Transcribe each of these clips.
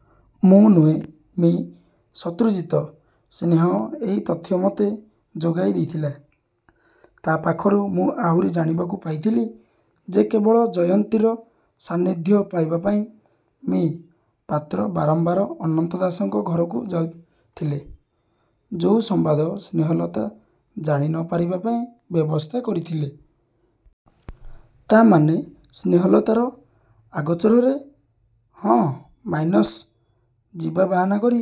' 'ମୁଁ ନୁହେଁ, ମି. ଶତ୍ରୁଜିତ! ସ୍ନେହ ଏଇ ତଥ୍ୟ ମୋତେ ଯୋଗାଇ ଦେଇଥିଲା। ତା ପାଖରୁ ମୁଁ ଆହୁରି ଜାଣିବାକୁ ପାଇଥିଲି ଯେ କେବଳ ଜୟନ୍ତୀର ସାନ୍ନିଧ୍ୟ ପାଇବାପାଇଁ ମି: ପାତ୍ର ବାରମ୍ବାର ଅନନ୍ତ ଦାସଙ୍କ ଘରକୁ ଯାଉଥିଲେ, ଯୋଉ ସମ୍ବାଦ ସ୍ନେହଲତା ଜାଣି ନ ପାରିବାପାଇଁ ବ୍ୟବସ୍ଥା କରିଥିଲେ। ' 'ତା ମାନେ, ସ୍ନେହଲତାର ଅଗୋଚରରେ? ' 'ହଁ, ମାଇନସ୍ ଯିବା ବାହାନା କରି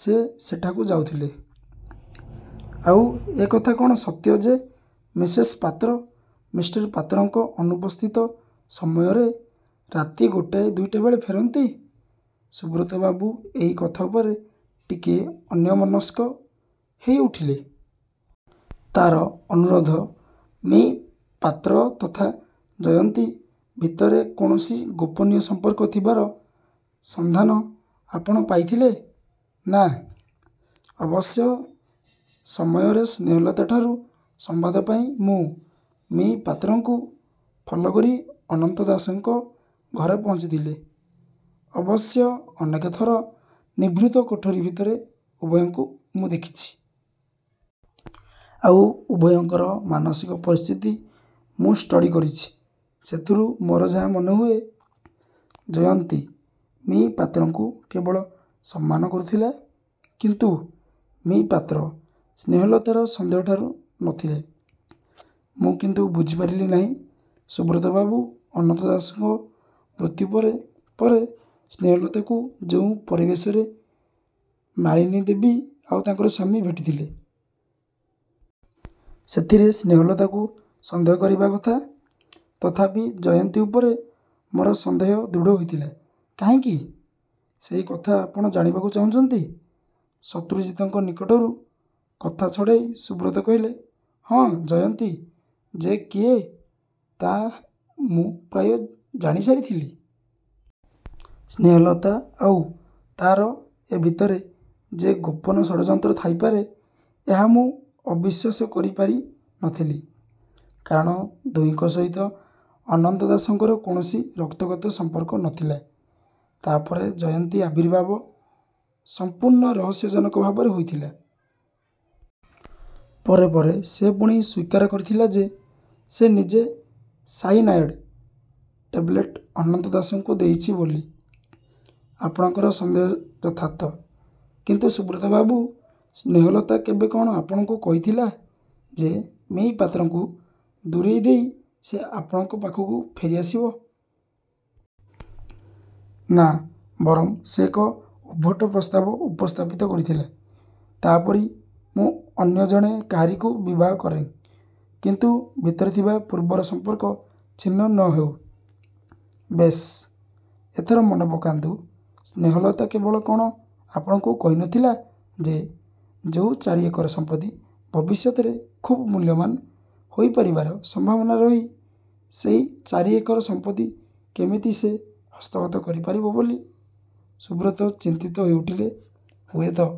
ସେ ସେଠାକୁ ଯାଉଥିଲେ। ' 'ଆଉ ଏ କଥା କ'ଣ ସତ୍ୟ ଯେ ମିସେସ ପାତ୍ର ମିଷ୍ଟର ପାତ୍ରଙ୍କ ଅନୁପସ୍ଥିତ ସମୟରେ ରାତି ଗୋଟାଏ ଦୁଇଟାବେଳେ ଫେରନ୍ତି? ' ସୁବ୍ରତବାବୁ ଏଇ କଥା ଉପରେ ଟିକିଏ ଅନ୍ୟମନସ୍କ ହେଇଉଠିଲେ। ' 'ତାର ଅନୁରୋଧ ମି:ପାତ୍ର ତଥା ଜୟନ୍ତୀ ଭିତରେ କୌଣସି ଗୋପନୀୟ ସମ୍ପର୍କ ଥିବାର ସଂଧାନ ଆପଣ ପାଇଥିଲେ? 'ନା। ଅବଶ୍ୟ ସମୟରେ ସ୍ନେହଲତାଠାରୁ ସମ୍ବାଦ ପାଇ ମୁଁ ମି: ପାତ୍ରଙ୍କୁ ଫଲୋକରି ଅନନ୍ତ ଦାସଙ୍କ। ଘରେ ପହଞ୍ଚିଥିଲେ। ଅବଶ୍ୟ ଅନେକ ଥର ନିଭୃତ କୋଠରି ଭିତରେ ଉଭୟଙ୍କୁ ମୁଁ ଦେଖିଛି। ଆଉ ଉଭୟଙ୍କର ମାନସିକ ପରିସ୍ଥିତି ମୁଁ ଷ୍ଟଡ଼ି କରିଛି। ସେଥିରୁ ମୋର ଯାହା ମନେହୁଏ, ଜୟନ୍ତୀ ମି:ପାତ୍ରଙ୍କୁ କେବଳ ସମ୍ମାନ କରୁଥିଲା। କିନ୍ତୁ ମି: ପାତ୍ର ସ୍ନେହଲତାର ସନ୍ଦେହଠାରୁ ନ ଥିଲେ। ''ମୁଁ କିନ୍ତୁ ବୁଝିପାରିଲି ନାହିଁ, ସୁବ୍ରତବାବୁ, ଅନନ୍ତ ଦାସଙ୍କ ମୃତ୍ୟୁ ପରେ ପରେ ସ୍ନେହଲତାକୁ ଯୋଉ ପରିବେଶରେ ମାଳିନୀ ଦେବୀ ଆଉ ତାଙ୍କର ସ୍ୱାମୀ ଭେଟିଥିଲେ। '' 'ସେଥିରେ ସ୍ନେହଲତାକୁ ସନ୍ଦେହ କରିବା କଥା। ତଥାପି ଜୟନ୍ତୀ ଉପରେ ମୋର ସନ୍ଦେହ ଦୃଢ଼ ହେଇଥିଲା କାହିଁକି, ସେଇ କଥା ଆପଣ ଜାଣିବାକୁ ଚାହୁଁଛନ୍ତି? ' ଶତ୍ରୁଜିତଙ୍କ ନିକଟରୁ କଥା ଛଡ଼ାଇ ସୁବ୍ରତ କହିଲେ। 'ହଁ' 'ଜୟନ୍ତୀ ଯେ କିଏ ତାହା ମୁଁ ପ୍ରାୟ ଜାଣିସାରିଥିଲି। ସ୍ନେହଲତା ଆଉ ତାର ଏ ଭିତରେ ଯେ ଗୋପନ ଷଡ଼ଯନ୍ତ୍ର ଥାଇପାରେ ଏହା ମୁଁ ଅବିଶ୍ୱାସ କରି ପାରି ନ ଥିଲି। କାରଣ ଦୁହିଁଙ୍କ ସହିତ ଅନନ୍ତ ଦାସଙ୍କର କୌଣସି ରକ୍ତଗତ ସଂପର୍କ ନ ଥିଲା। ତା'ପରେ ଜୟନ୍ତୀ ଆବିର୍ଭାବ ସଂପୂର୍ଣ୍ଣ ରହସ୍ୟଜନକ ଭାବରେ ହୋଇଥିଲା। ପରେ ପରେ ସେ ପୁଣି ସ୍ୱୀକାର କରିଥିଲା ଯେ ସେ ନିଜେ ସାଇନାଏଡ଼୍ ଟେବଲେଟ ଅନନ୍ତ ଦାସଙ୍କୁ ଦେଇଛି ବୋଲି। ' 'ଆପଣଙ୍କର ସନ୍ଦେହ ଯଥାର୍ଥ। କିନ୍ତୁ ସୁବ୍ରତବାବୁ, ସ୍ନେହଲତା କେବେ କଣ ଆପଣଙ୍କୁ କହିଥିଲା ଯେ ମି:ପାତ୍ରଙ୍କୁ ଦୂରେଇଦେଇ ସେ ଆପଣଙ୍କ ପାଖକୁ ଫେରିଆସିବ? ' 'ନା, ବରଂ ସେ ଏକ ଉଦ୍ଭଟ ପ୍ରସ୍ତାବ ଉପସ୍ଥାପିତ କରିଥିଲା— ତା'ପରି ମୁଁ ଅନ୍ୟ ଜଣେ କାହାରିକୁ ବିବାହ କରେଁ; କିନ୍ତୁ ଭିତରେ ଥିବା ପୂର୍ବର ସଂପର୍କ ଛିନ୍ନ ନ ହେଉ. ' 'ବେଶ୍, ଏଥର ମନେପକାନ୍ତୁ, ସ୍ନେହଲତା କେବଳ କଣ ଆପଣଙ୍କୁ କହି ନ ଥିଲା ଯେ ଯୋଉ ଚାରି ଏକର ସଂପତ୍ତି ଭବିଷ୍ୟତରେ ଖୁବ୍ ମୂଲ୍ୟବାନ ହେଇପାରିବାର ସମ୍ଭାବନା ରହି ସେଇ ଚାରି ଏକର ସଂପତ୍ତି କେମିତି ସେ ହସ୍ତଗତ କରିପାରିବ ବୋଲି? ' ସୁବ୍ରତ ଚିନ୍ତିତ ହୋଇଉଠିଲେ; ହୁଏତ